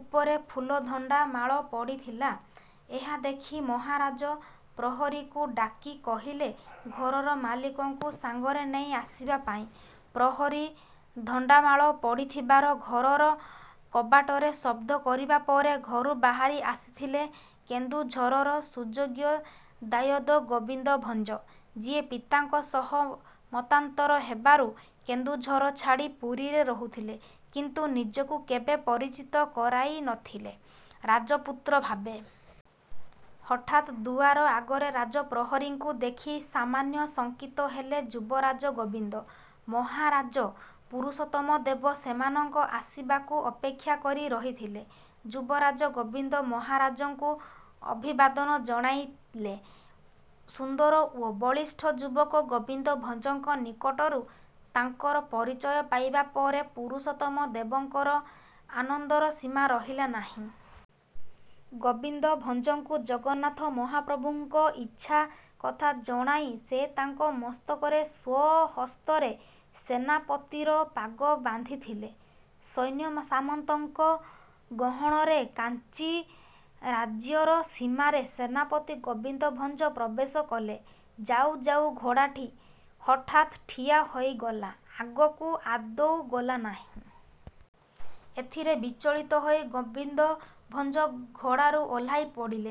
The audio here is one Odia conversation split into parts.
ଉପରେ ଫୁଲଧଣ୍ଡା ମାଳ ପଡ଼ିଥିଲା। ଏହା ଦେଖି ମହାରାଜ ପ୍ରହରୀକୁ ଡାକି କହିଲେ ଘରର ମାଲିକଙ୍କୁ ସାଙ୍ଗରେ ନେଇ ଆସିବା ପାଇଁ। ପ୍ରହରୀ ଧଣ୍ଡାମାଳ ପଡ଼ିଥିବାର ଘରର କବାଟରେ ଶବ୍ଦ କରିବା ପରେ ଘରୁ ବାହାରି ଆସିଥିଲେ କେନ୍ଦୁଝରର ସୁଯୋଗ୍ୟ ଦାୟଦ ଗୋବିନ୍ଦ ଭଞ୍ଜ, ଯିଏ ପିତାଙ୍କ ସହ ମତାନ୍ତର ହେବାରୁ କେନ୍ଦୁଝର ଛାଡ଼ି ପୁରୀରେ ରହୁଥିଲେ, କିନ୍ତୁ ନିଜକୁ କେବେ ପରିଚିତ କରାଇନଥିଲେ ରାଜପୁତ୍ର ଭାବେ। ହଠାତ ଦୁଆର ଆଗରେ ରାଜ ପ୍ରହରୀଙ୍କୁ ଦେଖି ସାମାନ୍ୟ ଶଙ୍କିତ ହେଲେ ଯୁବରାଜ ଗୋବିନ୍ଦ। ମହାରାଜ ପୁରୁଷୋତ୍ତମ ଦେବ ସେମାନଙ୍କ ଆସିବାକୁ ଅପେକ୍ଷା କରି ରହିଥିଲେ। ଯୁବରାଜ ଗୋବିନ୍ଦ ମହାରାଜଙ୍କୁ ଅଭିବାଦନ ଜଣାଇଲେ। ସୁନ୍ଦର ଓ ବଳିଷ୍ଠ ଯୁବକ ଗୋବିନ୍ଦ ଭଞ୍ଜଙ୍କ ନିକଟରୁ ତାଙ୍କର ପରିଚୟ ପାଇବା ପରେ ପୁରୁଷୋତ୍ତମ ଦେବଙ୍କର ଆନନ୍ଦର ସୀମା ରହିଲା ନାହିଁ। ଗୋବିନ୍ଦ ଭଞ୍ଜଙ୍କୁ ଜଗନ୍ନାଥ ମହାପ୍ରଭୁଙ୍କ ଇଛା କଥା ଜଣାଇ ସେ ତାଙ୍କ ମସ୍ତକରେ ସ୍ୱହସ୍ତରେ ସେନାପତିର ପାଗ ବାନ୍ଧିଥିଲେ। ସୈନ୍ୟସାମନ୍ତଙ୍କ ଗହଣରେ କାଞ୍ଚି ରାଜ୍ୟର ସୀମାରେ ସେନାପତି ଗୋବିନ୍ଦ ଭଞ୍ଜ ପ୍ରବେଶ କଲେ। ଯାଉ ଯାଉ ଘୋଡ଼ାଟି ହଠାତ ଠିଆ ହୋଇଗଲା, ଆଗକୁ ଆଦୌ ଗଲା ନାହିଁ। ଏଥିରେ ବିଚଳିତ ହୋଇ ଗୋବିନ୍ଦ ଭଞ୍ଜ ଘୋଡ଼ାରୁ ଓହ୍ଲାଇ ପଡ଼ିଲେ।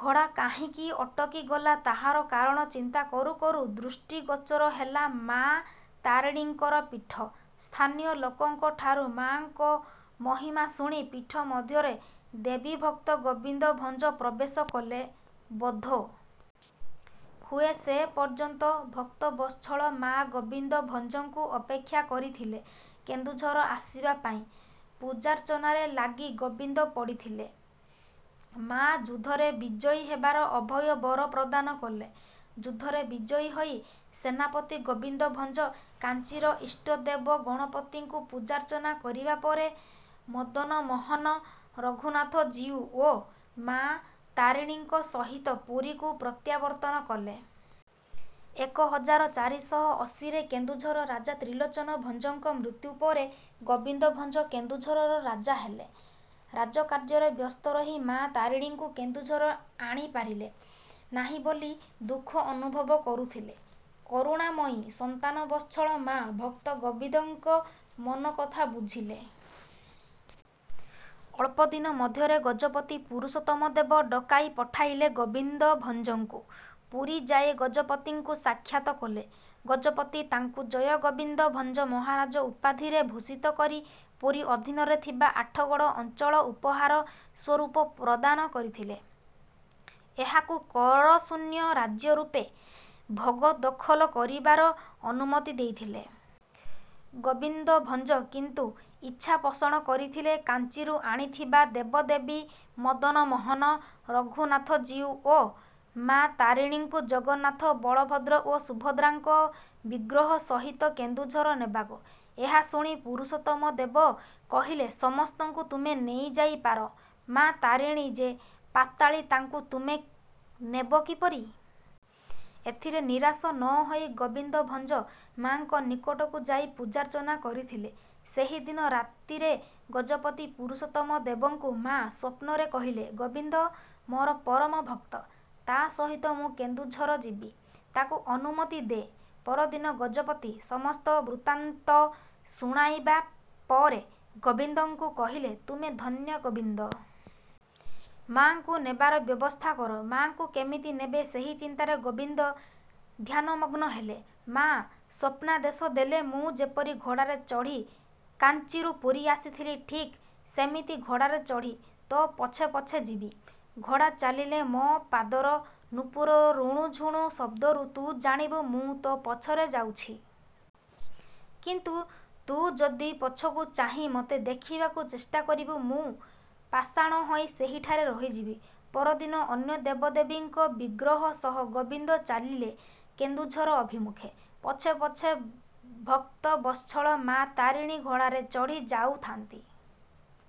ଘୋଡ଼ା କାହିଁକି ଅଟକିଗଲା ତାହାର କାରଣ ଚିନ୍ତା କରୁ କରୁ ଦୃଷ୍ଟିଗୋଚର ହେଲା ମାଆ ତାରିଣୀଙ୍କର ପୀଠ। ସ୍ଥାନୀୟ ଲୋକଙ୍କ ଠାରୁ ମାଆଙ୍କ ମହିମା ଶୁଣି ପୀଠ ମଧ୍ୟରେ ଦେବୀଭକ୍ତ ଗୋବିନ୍ଦ ଭଞ୍ଜ ପ୍ରବେଶ କଲେ। ବୋଧ ହୁଏ ସେ ପର୍ଯ୍ୟନ୍ତ ଭକ୍ତବତ୍ସଳ ମାଆ ଗୋବିନ୍ଦ ଭଞ୍ଜଙ୍କୁ ଅପେକ୍ଷା କରିଥିଲେ କେନ୍ଦୁଝର ଆସିବା ପାଇଁ। ପୂଜାର୍ଚ୍ଚନାରେ ଲାଗି ଗୋବିନ୍ଦ ପଡ଼ିଥିଲେ। ମାଆ ଯୁଦ୍ଧରେ ବିଜୟୀ ହେବାର ଅଭୟ ବର ପ୍ରଦାନ କଲେ। ଯୁଦ୍ଧରେ ବିଜୟୀ ହୋଇ ସେନାପତି ଗୋବିନ୍ଦ ଭଞ୍ଜ କାଞ୍ଚିର ଇଷ୍ଟଦେବ ଗଣପତିଙ୍କୁ ପୂଜାର୍ଚ୍ଚନା କରିବା ପରେ ମଦନମୋହନ, ରଘୁନାଥ ଜୀଉ ଓ ମାଆ ତାରିଣୀଙ୍କ ସହିତ ପୁରୀକୁ ପ୍ରତ୍ୟାବର୍ତ୍ତନ କଲେ। ଏକ ହଜାର ଚାରିଶହ ଅଶୀ ରେ କେନ୍ଦୁଝର ରାଜା ତ୍ରିଲୋଚନ ଭଞ୍ଜଙ୍କ ମୃତ୍ୟୁ ପରେ ଗୋବିନ୍ଦ ଭଞ୍ଜ କେନ୍ଦୁଝରର ରାଜା ହେଲେ। ରାଜକାର୍ଯ୍ୟରେ ବ୍ୟସ୍ତ ରହି ମାଆ ତାରିଣୀଙ୍କୁ କେନ୍ଦୁଝର ଆଣିପାରିଲେ ନାହିଁ ବୋଲି ଦୁଃଖ ଅନୁଭବ କରୁଥିଲେ। କରୁଣାମୟୀ ସନ୍ତାନବତ୍ସଳ ମାଆ ଭକ୍ତ ଗୋବିନ୍ଦଙ୍କ ମନକଥା ବୁଝିଲେ। ଅଳ୍ପଦିନ ମଧ୍ୟରେ ଗଜପତି ପୁରୁଷୋତ୍ତମ ଦେବ ଡକାଇ ପଠାଇଲେ ଗୋବିନ୍ଦ ଭଞ୍ଜଙ୍କୁ। ପୁରୀ ଯାଇ ଗଜପତିଙ୍କୁ ସାକ୍ଷାତ କଲେ। ଗଜପତି ତାଙ୍କୁ ଜୟ ଗୋବିନ୍ଦ ଭଞ୍ଜ ମହାରାଜ ଉପାଧିରେ ଭୂଷିତ କରି ପୁରୀ ଅଧୀନରେ ଥିବା ଆଠଗଡ଼ ଅଞ୍ଚଳ ଉପହାର ସ୍ୱରୂପ ପ୍ରଦାନ କରିଥିଲେ। ଏହାକୁ କରଶୂନ୍ୟ ରାଜ୍ୟ ରୂପେ ଭୋଗ ଦଖଲ କରିବାର ଅନୁମତି ଦେଇଥିଲେ। ଗୋବିନ୍ଦ ଭଞ୍ଜ କିନ୍ତୁ ଇଚ୍ଛା ପୋଷଣ କରିଥିଲେ କାଞ୍ଚିରୁ ଆଣିଥିବା ଦେବଦେବୀ ମଦନମୋହନ, ରଘୁନାଥଜୀଉ ଓ ମାଆ ତାରିଣୀଙ୍କୁ ଜଗନ୍ନାଥ, ବଳଭଦ୍ର ଓ ସୁଭଦ୍ରାଙ୍କ ବିଗ୍ରହ ସହିତ କେନ୍ଦୁଝର ନେବାକୁ। ଏହା ଶୁଣି ପୁରୁଷୋତ୍ତମ ଦେବ କହିଲେ, ସମସ୍ତଙ୍କୁ ତୁମେ ନେଇଯାଇପାର, ମାଆ ତାରିଣୀ ଯେ ପାତାଳୀ, ତାଙ୍କୁ ତୁମେ ନେବ କିପରି। ଏଥିରେ ନିରାଶ ନ ହୋଇ ଗୋବିନ୍ଦ ଭଞ୍ଜ ମାଆଙ୍କ ନିକଟକୁ ଯାଇ ପୂଜାର୍ଚ୍ଚନା କରିଥିଲେ। ସେହିଦିନ ରାତିରେ ଗଜପତି ପୁରୁଷୋତ୍ତମ ଦେବଙ୍କୁ ମାଆ ସ୍ୱପ୍ନରେ କହିଲେ, ଗୋବିନ୍ଦ ମୋର ପରମ ଭକ୍ତ। ତା ସହିତ ମୁଁ କେନ୍ଦୁଝର ଯିବି, ତାକୁ ଅନୁମତି ଦେ। ପରଦିନ ଗଜପତି ସମସ୍ତ ବୃତ୍ତାନ୍ତ ଶୁଣାଇବା ପରେ ଗୋବିନ୍ଦଙ୍କୁ କହିଲେ, ତୁମେ ଧନ୍ୟ ଗୋବିନ୍ଦ। ମାଆଙ୍କୁ ନେବାର ବ୍ୟବସ୍ଥା କର। ମାଆଙ୍କୁ କେମିତି ନେବେ ସେହି ଚିନ୍ତାରେ ଗୋବିନ୍ଦ ଧ୍ୟାନମଗ୍ନ ହେଲେ। ମାଆ ସ୍ୱପ୍ନାଦେଶ ଦେଲେ ମୁଁ ଯେପରି ଘୋଡ଼ାରେ ଚଢ଼ି କାଞ୍ଚିରୁ ପୁରୀ ଆସିଥିଲି, ଠିକ ସେମିତି ଘୋଡ଼ାରେ ଚଢ଼ି ତୋ ପଛେ ପଛେ ଯିବି। ଘୋଡ଼ା ଚାଲିଲେ ମୋ ପାଦର ନୁପୁର ରୁଣୁଝୁଣୁ ଶବ୍ଦରୁ ତୁ ଜାଣିବୁ ମୁଁ ତୋ ପଛରେ ଯାଉଛି। କିନ୍ତୁ ତୁ ଯଦି ପଛକୁ ଚାହିଁ ମୋତେ ଦେଖିବାକୁ ଚେଷ୍ଟା କରିବୁ, ମୁଁ ପାଷାଣ ହୋଇ ସେହିଠାରେ ରହିଜିବି। ପରଦିନ ଅନ୍ୟ ଦେବଦେବୀଙ୍କ ବିଗ୍ରହ ସହ ଗୋବିନ୍ଦ ଚାଲିଲେ କେନ୍ଦୁଝର ଅଭିମୁଖେ। ପଛେ ପଛେ ଭକ୍ତବତ୍ସଳ ମାଆ ତାରିଣୀ ଘୋଡ଼ାରେ ଚଢ଼ି ଯାଉଥାଆନ୍ତି।